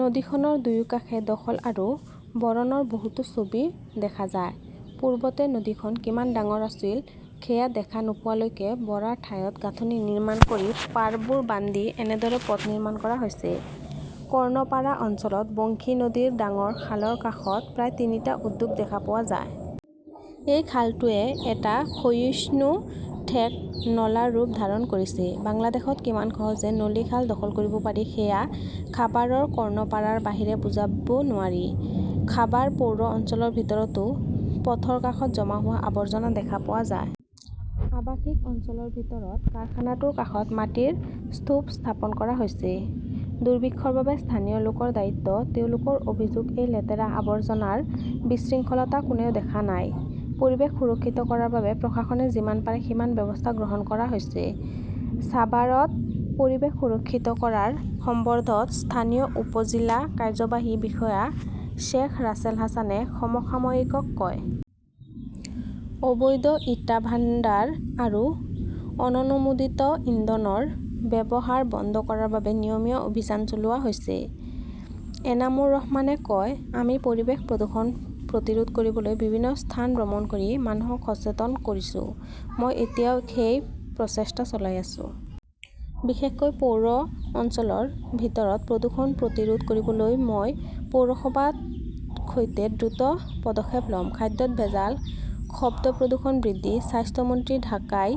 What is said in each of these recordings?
নদীখনৰ দুয়োফালে দখল আৰু ভৰণৰ বহুতো ছবি দেখা যায়। পূৰ্বতে নদীখন কিমান ডাঙৰ আছিল সেয়া দেখা নোপোৱাকৈ, ভৰা ঠাইত গাঁথনি নিৰ্মাণ কৰি, পাৰবোৰ বান্ধি এনেদৰে পথ নিৰ্মাণ কৰা হৈছে। কৰ্ণপাৰা অঞ্চলত বংশী নদীৰ ডাঙৰ খালৰ কাষত প্ৰায় তিনিটা উদ্যোগ দেখা পোৱা যায়। এই খালটোৱে এটা ক্ষয়িষ্ণু ঠেক নলাৰ ৰূপ ধাৰণ কৰিছে। বাংলাদেশত কিমান সহজে নদী-খাল দখল কৰিব পাৰি সেয়া সাভাৰৰ কৰ্ণপাৰাৰ বাহিৰে বুজিব নোৱাৰি। সাভাৰ পৌৰ অঞ্চলৰ ভিতৰতো পথৰ কাষত জমা হোৱা আৱৰ্জনা দেখা পোৱা যায়। আৱাসিক অঞ্চলৰ ভিতৰত কাৰখানাটোৰ কাষত মাটিৰ স্তূপ স্থাপন কৰা হৈছে। দুৰ্ভিক্ষৰ বাবে স্থানীয় লোকৰ দায়িত্ব। তেওঁলোকৰ অভিযোগ-এই লেতেৰা-আৱৰ্জনাৰ বিশৃংখলতা কোনেও দেখা নাই। পৰিৱেশ সুৰক্ষিত কৰাৰ বাবে প্ৰশাসনে যিমান পাৰে সিমান ব্যৱস্থা গ্ৰহণ কৰা হৈছে, ছাভাৰত পৰিৱেশ সুৰক্ষিত কৰাৰ সন্দৰ্ভত স্থানীয় উপ-জিলা কাৰ্যবাহী বিষয়া শ্বেখ ৰাছেল হাছানে সমসাময়িকক কয়। অবৈধ ইটা ভাণ্ডাৰ আৰু অননুমোদিত ইন্ধনৰ ব্যৱহাৰ বন্ধ কৰাৰ বাবেও নিয়মীয়া অভিযান চলোৱা হৈছে। এনামুৰ ৰহমানে কয়, আমি পৰিৱেশ প্ৰদূষণ প্ৰতিৰোধ কৰিবলৈ বিভিন্ন স্থান ভ্ৰমণ কৰি মানুহক সচেতন কৰিছো। মই এতিয়াও সেই প্ৰচেষ্টা চলাই আছো। বিশেষকৈ পৌৰ অঞ্চলৰ ভিতৰত প্ৰদূষণ প্ৰতিৰোধ কৰিবলৈ মই পৌৰসভাৰ সৈতে দ্ৰুত পদক্ষেপ ল’ম। খাদ্যত ভেজাল, শব্দ প্ৰদূষণ বৃদ্ধিঃ স্বাস্থ্য মন্ত্ৰী ঢাকাই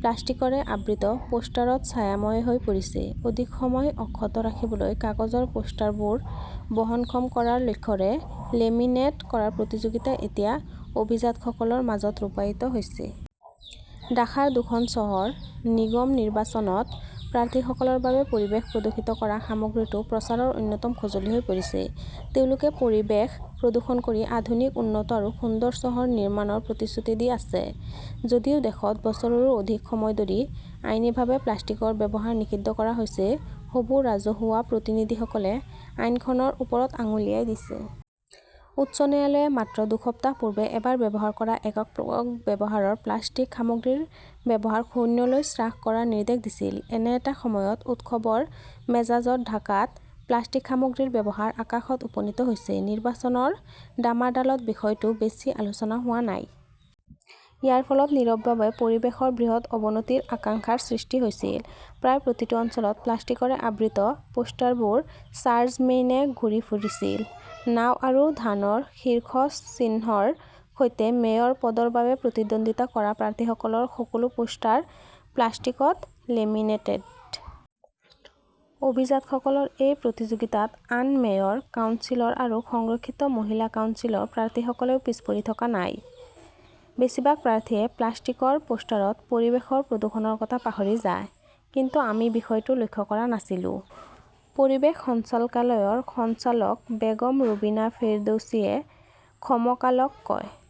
প্লাষ্টিকৰে আবৃত পোষ্টাৰত ছায়াময় হৈ পৰিছে। অধিক সময় অক্ষত ৰাখিবলৈ কাগজৰ পোষ্টাৰবোৰ বহনক্ষম কৰাৰ লক্ষ্যৰে লেমিনেট কৰাৰ প্ৰতিযোগিতা এতিয়া অভিজাতসকলৰ মাজত ৰূপায়িত হৈছে। ঢাকাৰ দুখন চহৰ নিগম নিৰ্বাচনত প্ৰাৰ্থীসকলৰ বাবে পৰিৱেশ প্ৰদূষিত কৰা সামগ্ৰীটো প্ৰচাৰৰ অন্যতম সঁজুলি হৈ পৰিছে। তেওঁলোকে পৰিৱেশ প্ৰদূষণ কৰি আধুনিক, উন্নত আৰু সুন্দৰ চহৰ নিৰ্মাণৰ প্ৰতিশ্ৰুতি দি আছে। যদিও দেশত বছৰৰো অধিক সময় ধৰি আইনীভাৱে প্লাষ্টিকৰ ব্যৱহাৰ নিষিদ্ধ কৰা হৈছে, হবু ৰাজহুৱা প্ৰতিনিধিসকলে আইনখনৰ ওপৰত আঙুলিয়াই দিছে। উচ্চ ন্যায়ালয়ে মাত্ৰ দুসপ্তাহ পূৰ্বে এবাৰ ব্যৱহাৰ কৰা একক ব্যৱহাৰৰ প্লাষ্টিক সামগ্ৰীৰ ব্যৱহাৰ শূন্যলৈ হ্ৰাস কৰাৰ নিৰ্দেশ দিছিল। এনে এটা সময়ত, উৎসৱৰ মেজাজত ঢাকাত প্লাষ্টিক সামগ্ৰীৰ ব্যৱহাৰ আকাশত উপনীত হৈছে। নিৰ্বাচনৰ ডামাডলত বিষয়টো বেছি আলোচনা হোৱা নাই। ইয়াৰ ফলত নীৰৱভাৱে পৰিৱেশৰ বৃহৎ অৱনতিৰ আশংকাৰ সৃষ্টি হৈছিল। প্ৰায় প্ৰতিটো অঞ্চলত প্লাষ্টিকৰে আবৃত পোষ্টাৰবোৰ চাৰ্জমেইনে ঘূৰি ফুৰিছিল। নাও আৰু ধানৰ শীৰ্ষ চিহ্নৰ সৈতে মেয়ৰ পদৰ বাবে প্ৰতিদ্বন্দ্বিতা কৰা প্ৰাৰ্থীসকলৰ সকলো পোষ্টাৰ প্লাষ্টিকত লেমিনেটেড। অভিজাতসকলৰ এই প্ৰতিযোগিতাত আন মেয়ৰ, কাউন্সিলৰ আৰু সংৰক্ষিত মহিলা কাউন্সিলৰ প্ৰাৰ্থীসকলেও পিছ পৰি থকা নাই। বেছিভাগ প্ৰাৰ্থীয়ে প্লাষ্টিকৰ পোষ্টাৰত পৰিৱেশৰ প্ৰদূষণৰ কথা পাহৰি যায়। কিন্তু আমি বিষয়টো লক্ষ্য কৰা নাছিলো, পৰিৱেশ সঞ্চালকালয়ৰ সঞ্চালক বেগম ৰুবিনা ফেৰদৌছিয়ে সমকালক কয়।